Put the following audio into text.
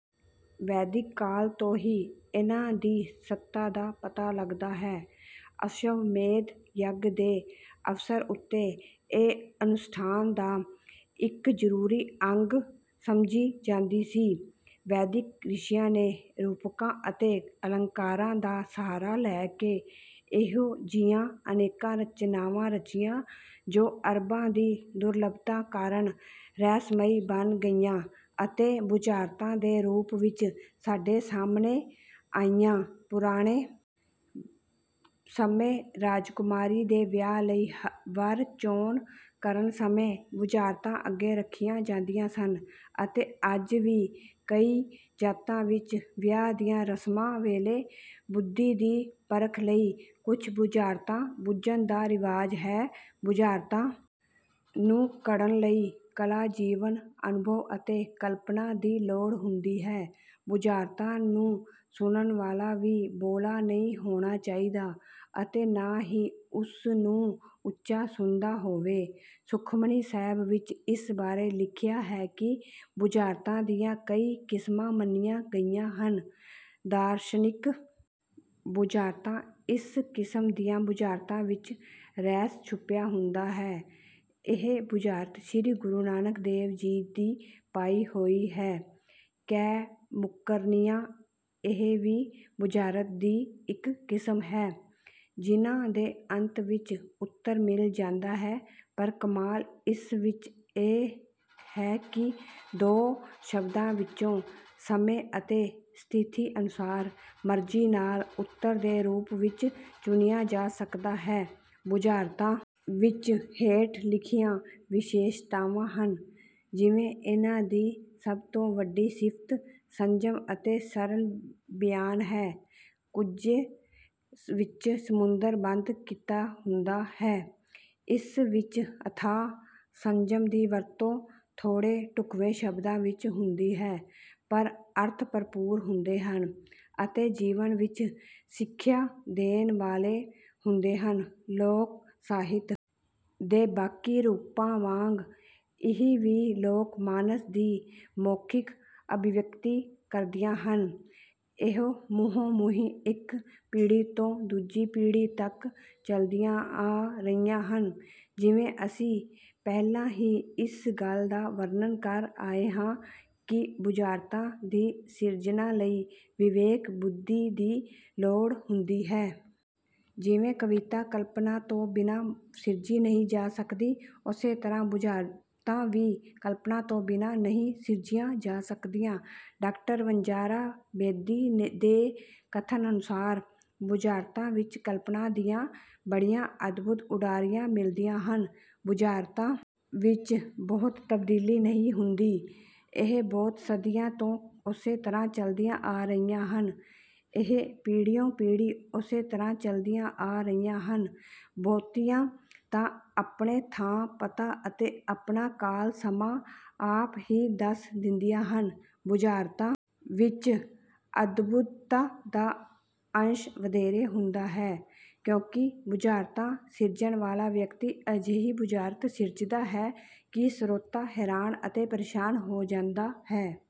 ਵੈਦਿਕ ਕਾਲ ਤੋਂ ਹੀ ਇਨ੍ਹਾਂ ਦੀ ਸੱਤਾ ਦਾ ਪਤਾ ਲੱਗਦਾ ਹੈ। ਅਸ਼ਵਮੇਧ ਯੱਗ ਦੇ ਅਵਸਰ ਉੱਤੇ ਇਹ ਅਨੁਸ਼ਠਾਨ ਦਾ ਇੱਕ ਜ਼ਰੂਰੀ ਅੰਗ ਸਮਝੀ ਜਾਂਦੀ ਸੀ। ਵੈਦਿਕ ਰਿਸ਼ੀਆਂ ਨੇ ਰੂਪਕਾਂ ਅਤੇ ਅਲੰਕਾਰਾਂ ਦਾ ਸਹਾਰਾ ਲੈ ਕੇ ਇਹੋ ਜਿਹੀਆਂ ਅਨੇਕਾਂ ਰਚਨਾਵਾਂ ਰਚੀਆਂ, ਜੋ ਅਰਥਾਂ ਦੀ ਦੁਰਲੱਭਤਾ ਕਾਰਨ ਰਹੱਸਮਈ ਬਣ ਗਈਆਂ ਅਤੇ ਬੁਝਾਰਤਾਂ ਦੇ ਰੂਪ ਵਿੱਚ ਸਾਡੇ ਸਾਹਮਣੇ ਆਈਆਂ। ਪੁਰਾਣੇ ਸਮੇਂ ਰਾਜਕੁਮਾਰੀ ਦੇ ਵਿਆਹ ਲਈ ਵਰ-ਚੋਣ ਕਰਨ ਸਮੇਂ ਬੁਝਾਰਤਾਂ ਅੱਗੇ ਰੱਖੀਆਂ ਜਾਂਦੀਆਂ ਸਨ ਅਤੇ ਅੱਜ ਵੀ ਕਈ ਜਾਤਾਂ ਵਿੱਚ ਵਿਆਹ ਦੀਆਂ ਰਸਮਾਂ ਵੇਲੇ ਬੁੱਧੀ ਦੀ ਪਰਖ ਲਈ ਕੁਝ ਬੁਝਾਰਤਾਂ ਬੁੱਝਣ ਦਾ ਰਿਵਾਜ ਹੈ। ਬੁਝਾਰਤਾਂ ਨੂੰ ਘੜਨ ਲਈ ਕਲਾ, ਜੀਵਨ-ਅਨੁਭਵ ਅਤੇ ਕਲਪਨਾ ਦੀ ਲੋੜ ਹੁੰਦੀ ਹੈ। ਬੁਝਾਰਤਾਂ ਨੂੰ ਸੁਣਨ ਵਾਲਾ ਵੀ ‘ਬੋਲਾ’ ਨਹੀਂ ਹੋਣਾ ਚਾਹੀਦਾ ਅਤੇ ਨਾ ਹੀ ਉਸ ਨੂੰ ਉੱਚਾ ਸੁਣਦਾ ਹੋਵੇ। ਸੁਖਮਨੀ ਸਾਹਿਬ ਵਿੱਚ ਇਸ ਬਾਰੇ ਲਿਖਿਆ ਹੈ ਕਿ ਬੁਝਾਰਤਾਂ ਦੀਆਂ ਕਈ ਕਿਸਮਾਂ ਮੰਨੀਆਂ ਗਈਆਂ ਹਨ। ਦਾਰਸ਼ਨਿਕ ਬੁਝਾਰਤਾਂ ਇਸ ਕਿਸਮ ਦੀਆਂ ਬੁਝਾਰਤਾਂ ਵਿੱਚ ਰਹੱਸ ਛੁਪਿਆ ਹੁੰਦਾ ਹੈ। ਇਹ ਬੁਝਾਰਤ ਸ੍ਰੀ ਗੁਰੂ ਨਾਨਕ ਦੇਵ ਜੀ ਦੀ ਪਾਈ ਹੋਈ ਹੈ। ਕਹਿ-ਮੁੱਕਰਨੀਆਂ: ਇਹ ਵੀ ਬੁਝਾਰਤਾਂ ਦੀ ਇੱਕ ਕਿਸਮ ਹੈ। ਜਿਨ੍ਹਾਂ ਦੇ ਅੰਤ ਵਿੱਚ ਉੱਤਰ ਮਿਲ ਜਾਂਦਾ ਹੈ, ਪਰ ਕਮਾਲ ਇਸ ਵਿੱਚ ਇਹ ਹੈ ਕਿ ਦੋ ਸ਼ਬਦਾਂ ਵਿੱਚੋਂ ਸਮੇਂ ਅਤੇ ਸਥਿਤੀ ਅਨੁਸਾਰ ਮਰਜ਼ੀ ਨਾਲ ਉੱਤਰ ਦੇ ਰੂਪ ਵਿੱਚ ਚੁਣਿਆ ਜਾ ਸਕਦਾ ਹੈ। ਬੁਝਾਰਤਾਂ ਵਿੱਚ ਹੇਠ ਲਿਖੀਆਂ ਵਿਸ਼ੇਸ਼ਤਾਵਾਂ ਹਨ। ਜਿਵੇ ਇਨ੍ਹਾਂ ਦੀ ਸਭ ਤੋਂ ਵੱਡੀ ਸਿਫ਼ਤ ਸੰਜਮ ਅਤੇ ਸਰਲ ਬਿਆਨ ਹੈ। ਕੁੱਜੇ ਵਿੱਚ ਸਮੁੰਦਰ ਬੰਦ ਕੀਤਾ ਹੁੰਦਾ ਹੈ। ਇਸ ਵਿੱਚ ਅਥਾਹ ਸੰਜਮ ਦੀ ਵਰਤੋਂ ਥੋੜ੍ਹੇ ਢੁਕਵੇਂ ਸ਼ਬਦਾਂ ਵਿੱਚ ਹੁੰਦੀ ਹੈ, ਪਰ ਅਰਥ ਭਰਪੂਰ ਹੁੰਦੇ ਹਨ ਅਤੇ ਜੀਵਨ ਵਿੱਚ ਸਿੱਖਿਆ ਦੇਣ ਵਾਲੇ ਹੁੰਦੇ ਹਨ। ਲੋਕ-ਸਾਹਿਤ ਦੇ ਬਾਕੀ ਰੂਪਾਂ ਵਾਂਗ ਇਹ ਵੀ ਲੋਕ-ਮਾਨਸ ਦੀ ਮੌਖਿਕ ਅਭਿਵਿਅਕਤੀ ਕਰਦੀਆਂ ਹਨ। ਇਹ ਮੂੰਹੋਂ-ਮੂੰਹੀਂ ਇੱਕ ਪੀੜ੍ਹੀ ਤੋਂ ਦੂਜੀ ਪੀੜ੍ਹੀ ਤੱਕ ਚੱਲਦੀਆਂ ਆ ਰਹੀਆਂ ਹਨ। ਜਿਵੇਂ ਅਸੀਂ ਪਹਿਲਾਂ ਵੀ ਇਸ ਗੱਲ ਦਾ ਵਰਣਨ ਕਰ ਆਏ ਹਾਂ ਕਿ ਬੁਝਾਰਤਾਂ ਦੀ ਸਿਰਜਣਾ ਲਈ ਵਿਵੇਕ-ਬੁੱਧੀ ਦੀ ਲੋੜ ਹੁੰਦੀ ਹੈ। ਜਿਵੇਂ ਕਵਿਤਾ ਕਲਪਨਾ ਤੋਂ ਬਿਨਾਂ ਸਿਰਜੀ ਨਹੀਂ ਜਾ ਸਕਦੀ, ਉਸੇ ਤਰ੍ਹਾਂ ਬੁਝਾਰਤਾਂ ਵੀ ਕਲਪਨਾ ਤੋਂ ਬਿਨਾਂ ਨਹੀਂ ਸਿਰਜੀਆਂ ਜਾ ਸਕਦੀਆਂ। ਡਾਕਟਰ ਵਣਜਾਰਾ ਬੇਦੀ ਦੇ ਕਥਨ ਅਨੁਸਾਰ, “ਬੁਝਾਰਤਾਂ ਵਿੱਚ ਕਲਪਨਾ ਦੀਆਂ ਬੜੀਆਂ ਅਦਭੁਤ ਉਡਾਰੀਆਂ ਮਿਲਦੀਆਂ ਹਨ। ਬੁਝਾਰਤਾਂ ਵਿੱਚ ਬਹੁਤੀ ਤਬਦੀਲੀ ਨਹੀਂ ਹੁੰਦੀ। ਇਹ ਬਹੁਤ ਸਦੀਆਂ ਤੋਂ ਉਸੇ ਤਰ੍ਹਾਂ ਚੱਲਦੀਆਂ ਆ ਰਹੀਆਂ ਹਨ। ਇਹ ਪੀੜ੍ਹੀਓਂ-ਪੀੜ੍ਹੀ ਉਸੇ ਤਰ੍ਹਾਂ ਚੱਲਦੀਆਂ ਆ ਰਹੀਆਂ ਹਨ। ਬਹੁਤੀਆਂ ਤਾਂ ਆਪਣਾ ਥਾਂ-ਪਤਾ ਅਤੇ ਆਪਣਾ ਕਾਲ-ਸਮਾਂ ਆਪ ਹੀ ਦੱਸ ਦਿੰਦੀਆਂ ਹਨ। ਬੁਝਾਰਤਾਂ ਵਿੱਚ ਅਦਭੁੱਤਤਾ ਦਾ ਅੰਸ਼ ਵਧੇਰੇ ਹੁੰਦਾ ਹੈ, ਕਿਉਂਕਿ ਬੁਝਾਰਤਾਂ ਸਿਰਜਣ ਵਾਲਾ ਵਿਅਕਤੀ ਅਜਿਹੀ ਬੁਝਾਰਤ ਸਿਰਜਦਾ ਹੈ ਕਿ ਸਰੋਤਾ ਹੈਰਾਨ ਅਤੇ ਪਰੇਸ਼ਾਨ ਹੋ ਜਾਂਦਾ ਹੈ।